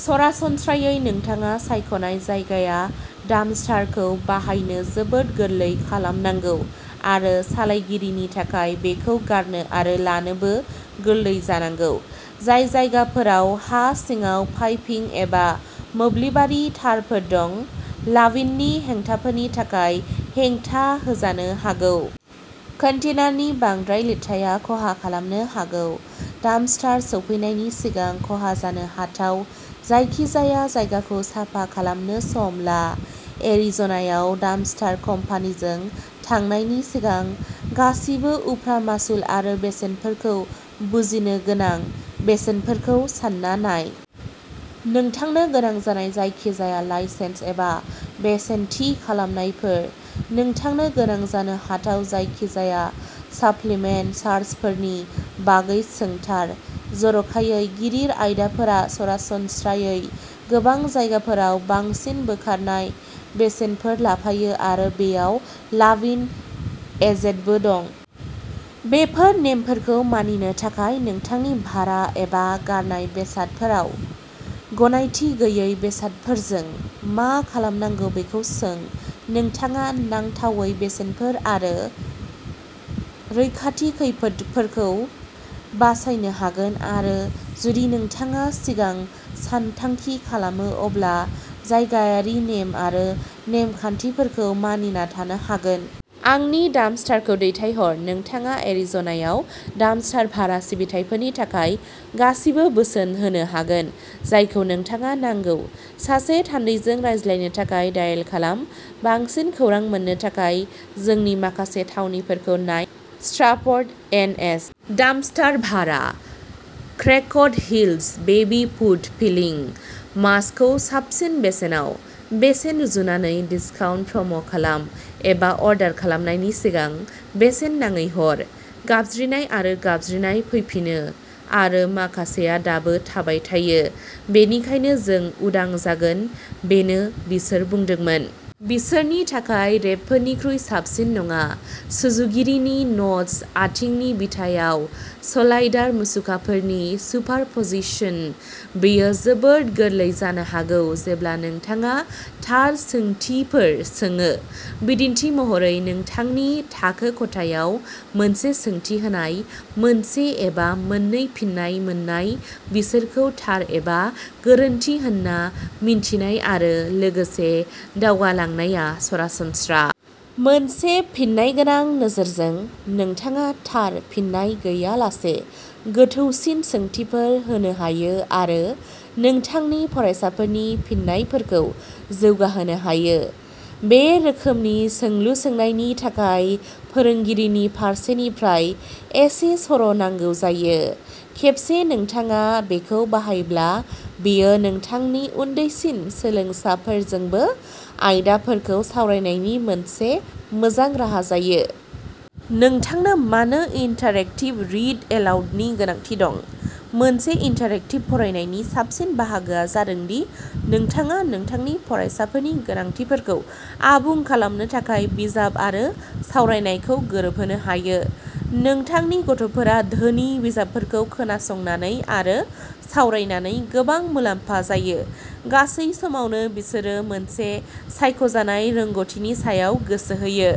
सरासनस्रायै, नोंथाङा सायख'नाय जायगाया डाम्पस्टारखौ बाहायनो जोबोद गोरलै खालामनांगौ आरो सालायगिरिनि थाखाय बेखौ गारनो आरो लानोबो गोरलै जानांगौ। जाय जायगाफोराव हा सिङाव पाइपिं एबा मोब्लिबारि तारफोर दं, लाविननि हेंथाफोरनि थाखाय हेंथा होजानो हागौ। कन्टेनारनि बांद्राय लिरथाया खहा खालामनो हागौ। डाम्पस्टार सौफैनायनि सिगां खहा जानो हाथाव जायखिजाया जायगाखौ साफा खालामनो सम ला। एरिज'नायाव डाम्पस्टार कम्पानिजों थांनायनि सिगां गासिबो उफ्रा मासुल आरो बेसेनफोरखौ बुजिनो गोनां। बेसेनफोरखौ सानना नाय। नोंथांनो गोनां जानाय जायखिजाया लाइसेन्स एबा बेसेन थि खालामनायफोर। नोंथांनो गोनां जानो हाथाव जायखिजाया साप्लिमेन्टेल चार्जफोरनि बागै सोंथार। जर'खायै गिदिर आयदाफोरा सरासनस्रायै गोबां जायगाफोराव बांसिन बोखारनाय बेसेनफोर लाफायो, आरो बेयाव लाविन, एजेडबो दं। बेफोर नेमफोरखौ मानिनो थाखाय, नोंथांनि भारा एबा गारनाय बेसादफोराव गनायथि गैयै बेसादफोरजों मा खालामनांगौ बेखौ सों। नोंथाङा नांथावै बेसेनफोर आरो रैखाथि खैफोदफोरखौ बासायनो हागोन, आरो जुदि नोंथाङा सिगां सानथांखि खालामो अब्ला जायगायारि नेम आरो नेमखान्थिफोरखौ मानिना थानो हागोन। आंनि डाम्पस्टारखौ दैथायहर, नोंथाङा एरिज'नायाव डाम्पस्टार भारा सिबिथाइफोरनि थाखाय गासिबो बोसोन होनो हागोन, जायखौ नोंथाङा नांगौ। सासे थान्दैजों रायज्लायनो थाखाय डायेल खालाम। बांसिन खौरां मोननो थाखाय, जोंनि माखासे थावनिफोरखौ नाय स्ट्राफर्ड, एन. एच. डाम्पस्टार भारा। Cracked heels baby foot peeling मास्कखौ साबसिन बेसेनाव? बेसेन रुजुनानै, डिस्काउन्ट प्र'म खालाम, एबा अर्डार खालामनायनि सिगां बेसेन नाङै हर। गाबज्रिनाय आरो गाबज्रिनाय फैफिनो। आरो माखासेआ दाबो थाबाय थायो। बेनिखायनो जों उदां जागोन, बेनो बिसोर बुंदोंमोन। बिसोरनि थाखाय रेबफोरनिख्रुइ साबसिन नङा। सुजुगिरिनि न'टस आथिंनि बिथायाव स'लाइडार मुसुखाफोरनि सुपारप'जिसन। बेयो जोबोद गोरलै जानो हागौ जेब्ला नोंथाङा थार सोंथिफोर सोङो। बिदिन्थि महरै नोंथांनि थाखो खथायाव मोनसे सोंथि होनाय, मोनसे एबा मोननै फिननाय मोननाय बिसोरखौ थार एबा गोरोन्थि होन्ना मिन्थिनाय आरो लोगोसे दावगालांनाया सरासनस्रा। मोनसे फिननायगोनां नोजोरजों, नोंथाङा "थार" फिननाय गैयालासे गोथौसिन सोंथिफोर होनो हायो आरो नोंथांनि फरायसाफोरनि फिननायफोरखौ जौगाहोनो हायो। बे रोखोमनि सोंलु सोंनायनि थाखाय फोरोंगिरिनि फारसेनिफ्राय एसे सर' नांगौ जायो। खेबसे नोंथाङा बेखौ बाहायब्ला, बेयो नोंथांनि उन्दैसिन सोलोंसाफोरजोंबो आयदाफोरखौ सावरायनायनि मोनसे मोजां राहा जायो। नोंथांनो मानो इन्टारएक्टिभ रिड अलाउडनि गोनांथि दं? मोनसे इन्टारेक्टिभ फरायनायनि साबसिन बाहागोआ जादों दि नोंथाङा नोंथांनि फरायसाफोरनि गोनांथिफोरखौ आबुं खालामनो थाखाय बिजाब आरो सावरायनायखौ गोरोबहोनो हायो। नोंथांनि गथ'फोरा धोनि बिजाबफोरखौ खोनासंनानै आरो सावरायनानै गोबां मुलाम्फा जायो। गासै समावनो बिसोरो मोनसे सायख'जानाय रोंग'थिनि सायाव गोसो होयो।